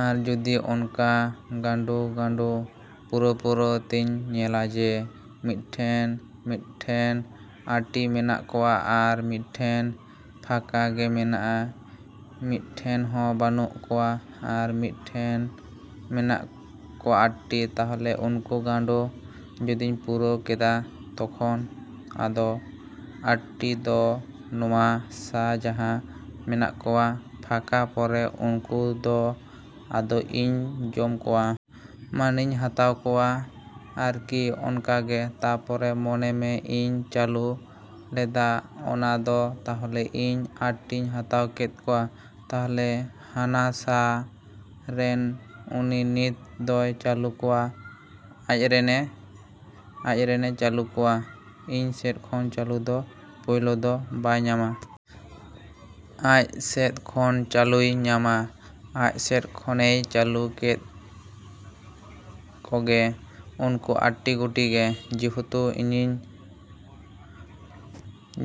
ᱟᱨ ᱡᱩᱫᱤ ᱚᱱᱠᱟ ᱜᱟᱹᱰᱩᱼᱜᱟᱹᱰᱩ ᱯᱩᱨᱟᱹᱣᱼᱯᱩᱨᱟᱹᱣ ᱛᱮᱧ ᱧᱮᱞᱟ ᱡᱮ, ᱢᱤᱫᱴᱮᱱ, ᱢᱤᱫᱴᱷᱮᱱ ᱟᱴᱴᱤ ᱢᱮᱱᱟᱜ ᱠᱚᱣᱟ ᱟᱨ ᱢᱤᱫᱴᱷᱮᱱ ᱯᱷᱟᱸᱠᱟ ᱜᱮ ᱢᱮᱱᱟᱜᱼᱟ ᱢᱤᱫᱴᱮᱱ ᱦᱚᱸ ᱵᱟᱹᱱᱩᱜ ᱠᱚᱣᱟ, ᱟᱨ ᱢᱤᱫ ᱴᱷᱮᱱ ᱢᱮᱱᱟᱜ ᱠᱚᱣᱟ ᱟᱴᱴᱤ᱾ ᱛᱟᱦᱞᱮ ᱩᱱᱠᱩ ᱜᱟᱹᱰᱩ ᱡᱩᱫᱤᱧ ᱯᱩᱨᱟᱹᱣ ᱠᱮᱫᱟ ᱛᱚᱠᱷᱚᱱ ᱟᱫᱚ ᱟᱴᱴᱤ ᱫᱚ ᱱᱚᱣᱟ ᱥᱟ ᱡᱟᱦᱟᱸ ᱢᱮᱱᱟᱜ ᱠᱚᱣᱟ ᱯᱷᱟᱸᱠᱟ ᱯᱚᱨᱮ ᱩᱱᱠᱩ ᱫᱚ ᱟᱫᱚ ᱤᱧ ᱡᱚᱢ ᱠᱚᱣᱟ᱾ ᱢᱟᱱᱮᱧ ᱦᱟᱛᱟᱣ ᱠᱚᱣᱟ ᱟᱨᱠᱤ ᱚᱱᱠᱟᱜᱮ᱾ ᱛᱟᱨᱯᱚᱨᱮ ᱢᱚᱱᱮ ᱢᱮ ᱤᱧ ᱪᱟᱹᱞᱩ ᱞᱮᱫᱟ ᱚᱱᱟ ᱫᱚ ᱛᱟᱦᱞᱮ ᱤᱧ ᱟᱴᱴᱤᱧ ᱦᱟᱛᱟᱣ ᱠᱮᱫ ᱠᱚᱣᱟ᱾ ᱛᱟᱦᱞᱮ ᱦᱟᱱᱟ ᱥᱟ ᱨᱮᱱ ᱩᱱᱤ ᱱᱤᱛ ᱫᱚᱭ ᱪᱟᱹᱞᱩ ᱠᱚᱣᱟ ᱟᱡᱨᱮᱱᱮ ᱟᱡᱨᱮᱱᱮ ᱪᱟᱞᱩ ᱠᱚᱣᱟ᱾ ᱤᱧ ᱥᱮᱫ ᱠᱷᱚᱱ ᱪᱟᱞᱩ ᱫᱚ ᱯᱳᱭᱞᱳ ᱫᱚ ᱵᱟᱭ ᱧᱟᱢᱟ᱾ ᱟᱡ ᱥᱮᱫ ᱠᱷᱚᱱ ᱪᱟᱹᱞᱩᱭ ᱧᱟᱢᱟ᱾ ᱟᱡ ᱥᱮᱫ ᱠᱷᱚᱱᱮᱭ ᱪᱟᱹᱞᱩ ᱠᱮᱫ ᱠᱚᱜᱮ, ᱩᱱᱠᱩ ᱟᱴᱴᱤ ᱜᱩᱴᱷᱤ ᱜᱮ᱾ ᱡᱮᱦᱮᱛᱩ ᱤᱧᱤᱧ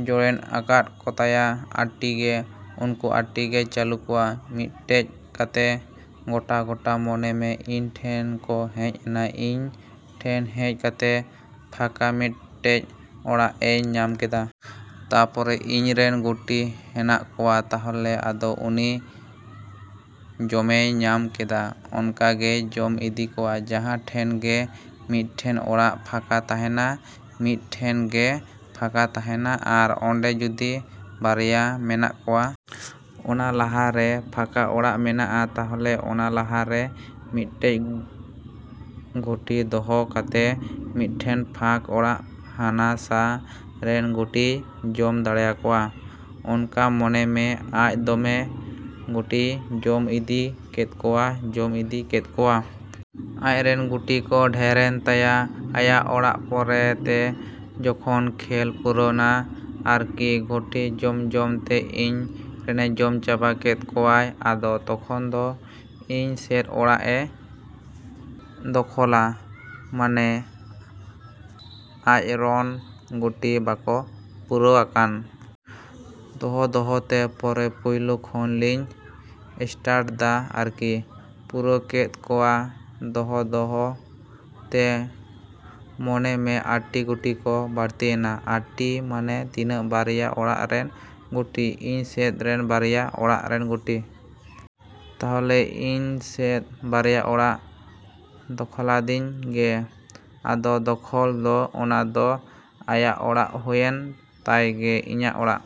ᱡᱚᱲᱮᱱᱟᱠᱟᱫ ᱠᱚᱛᱟᱭᱟ ᱟᱴᱴᱤ ᱜᱮ᱾ ᱩᱱᱠᱩ ᱟᱴᱴᱤ ᱜᱮᱭ ᱪᱟᱹᱞᱩ ᱠᱚᱣᱟ ᱢᱤᱫᱴᱮᱱ ᱠᱟᱛᱮ ᱜᱚᱴᱟᱼᱜᱚᱴᱟ ᱢᱚᱱᱮ ᱢᱮ ᱤᱧ ᱴᱷᱮᱱ ᱠᱚ ᱦᱮᱡ ᱮᱱᱟ ᱤᱧ ᱴᱷᱮᱱ ᱦᱮᱡ ᱠᱟᱛᱮ ᱯᱷᱟᱸᱠᱟ ᱢᱤᱫᱴᱮᱡ ᱚᱲᱟᱜ ᱮᱭ ᱧᱟᱢ ᱠᱮᱫᱟ᱾ ᱛᱟᱨᱯᱚᱨᱮ ᱤᱧ ᱨᱮᱱ ᱜᱩᱴᱷᱤ ᱦᱮᱱᱟᱜ ᱠᱚᱣᱟ, ᱛᱟᱦᱞᱮ ᱟᱫᱚ ᱩᱱᱤ ᱡᱚᱢᱮᱭ ᱧᱟᱢ ᱠᱮᱫᱟ᱾ ᱚᱱᱠᱟᱜᱮᱭ ᱡᱚᱢ ᱤᱫᱤ ᱠᱚᱣᱟ᱾ ᱡᱟᱦᱟᱸ ᱴᱷᱮᱱ ᱜᱮ ᱢᱤᱫᱴᱮᱱ ᱚᱲᱟᱜ ᱯᱷᱟᱸᱠᱟ ᱛᱟᱦᱮᱱᱟ, ᱢᱤᱫᱴᱮᱱ ᱜᱮ ᱯᱷᱟᱸᱠᱟ ᱛᱟᱦᱮᱱᱟ ᱟᱨ ᱚᱸᱰᱮ ᱡᱩᱫᱤ ᱵᱟᱨᱭᱟ ᱢᱮᱱᱟᱜ ᱠᱚᱣᱟ᱾ ᱚᱱᱟ ᱞᱟᱦᱟ ᱨᱮ ᱯᱷᱟᱸᱠᱟ ᱚᱲᱟᱜ ᱢᱮᱱᱟᱜᱼᱟ, ᱛᱟᱦᱞᱮ ᱚᱱᱟ ᱞᱟᱦᱟ ᱨᱮ ᱢᱤᱫᱴᱮᱱ ᱜᱩᱴᱷᱤ ᱫᱚᱦᱚ ᱠᱟᱛᱮ ᱢᱤᱫᱴᱮᱱ ᱯᱷᱟᱸᱠ ᱚᱲᱟᱜ ᱦᱟᱱᱟ ᱥᱟ ᱨᱮᱱ ᱜᱩᱴᱷᱤᱭ ᱡᱚᱢ ᱫᱟᱲᱮᱭᱟᱠᱚᱣᱟ᱾ ᱚᱱᱠᱟ ᱢᱚᱱᱮ ᱢᱮ ᱟᱡ ᱫᱚᱢᱮ ᱜᱩᱴᱷᱤᱭ ᱡᱚᱢ ᱤᱫᱤ ᱠᱮᱫ ᱠᱚᱣᱟ, ᱡᱚᱢ ᱤᱫᱤ ᱠᱮᱫ ᱠᱚᱣᱟ᱾ ᱟᱡᱨᱮᱱ ᱜᱩᱴᱷᱤ ᱠᱚ ᱰᱷᱮᱨᱮᱱ ᱛᱟᱭᱟ᱾ ᱟᱭᱟᱜ ᱚᱲᱟᱜ ᱯᱚᱨᱮ ᱛᱮ ᱡᱚᱠᱷᱚᱱ ᱠᱷᱮᱞ ᱯᱩᱨᱟᱹᱣᱱᱟ ᱟᱨᱠᱤ ᱜᱩᱴᱷᱤ ᱡᱚᱢᱼᱡᱚᱢ ᱛᱮ ᱤᱧ ᱨᱮᱱᱮ ᱡᱚᱢ ᱪᱟᱵᱟ ᱠᱮᱫ ᱠᱚᱣᱟᱭ᱾ ᱟᱫᱚ ᱛᱚᱠᱷᱚᱱ ᱫᱚ ᱤᱧ ᱥᱮᱫ ᱚᱲᱟᱜ ᱮ ᱫᱚᱠᱷᱚᱞᱟ᱾ ᱢᱟᱱᱮ ᱟᱡᱨᱚᱱ ᱜᱩᱴᱷᱤ ᱢᱟᱠᱚ ᱯᱩᱨᱟᱹᱣᱟᱠᱟᱱ᱾ ᱫᱚᱦᱚᱼᱫᱚᱦᱚᱛᱮ ᱯᱚᱨᱮ ᱯᱳᱭᱞᱳ ᱠᱷᱚᱱ ᱞᱤᱧ ᱮᱥᱴᱟᱴ ᱫᱟ ᱟᱨᱠᱤ᱾ ᱯᱩᱨᱟᱹᱣ ᱠᱮᱫ ᱠᱚᱣᱟ ᱫᱚᱦᱚ ᱫᱚᱦᱚ ᱛᱮ, ᱢᱚᱱᱮ ᱢᱮ ᱟᱴᱴᱤ ᱜᱩᱴᱷᱤ ᱠᱚ ᱵᱟᱹᱲᱛᱤᱭᱮᱱᱟ᱾ ᱟᱴᱴᱤ ᱢᱟᱱᱮ ᱛᱤᱱᱟᱹᱜ, ᱵᱟᱨᱭᱟ ᱚᱲᱟᱜ ᱨᱮᱱ ᱜᱩᱴᱷᱤ, ᱤᱧ ᱥᱮᱫ ᱨᱮᱱ ᱵᱟᱨᱭᱟ ᱚᱲᱟᱜ ᱨᱮᱱ ᱜᱩᱴᱤ᱾ ᱛᱟᱦᱞᱮ ᱤᱧ ᱥᱮᱫ ᱵᱟᱨᱭᱟ ᱚᱲᱟᱜ ᱫᱚᱠᱷᱚᱞᱟᱫᱤᱧ ᱜᱮ᱾ ᱟᱫᱚ ᱫᱚᱠᱷᱚᱞ ᱫᱚ, ᱚᱱᱟ ᱫᱚ ᱟᱭᱟᱜ ᱚᱲᱟᱜ ᱦᱩᱭᱮᱱ ᱛᱟᱭ ᱜᱮ, ᱤᱧᱟᱹᱜ ᱚᱲᱟᱜ᱾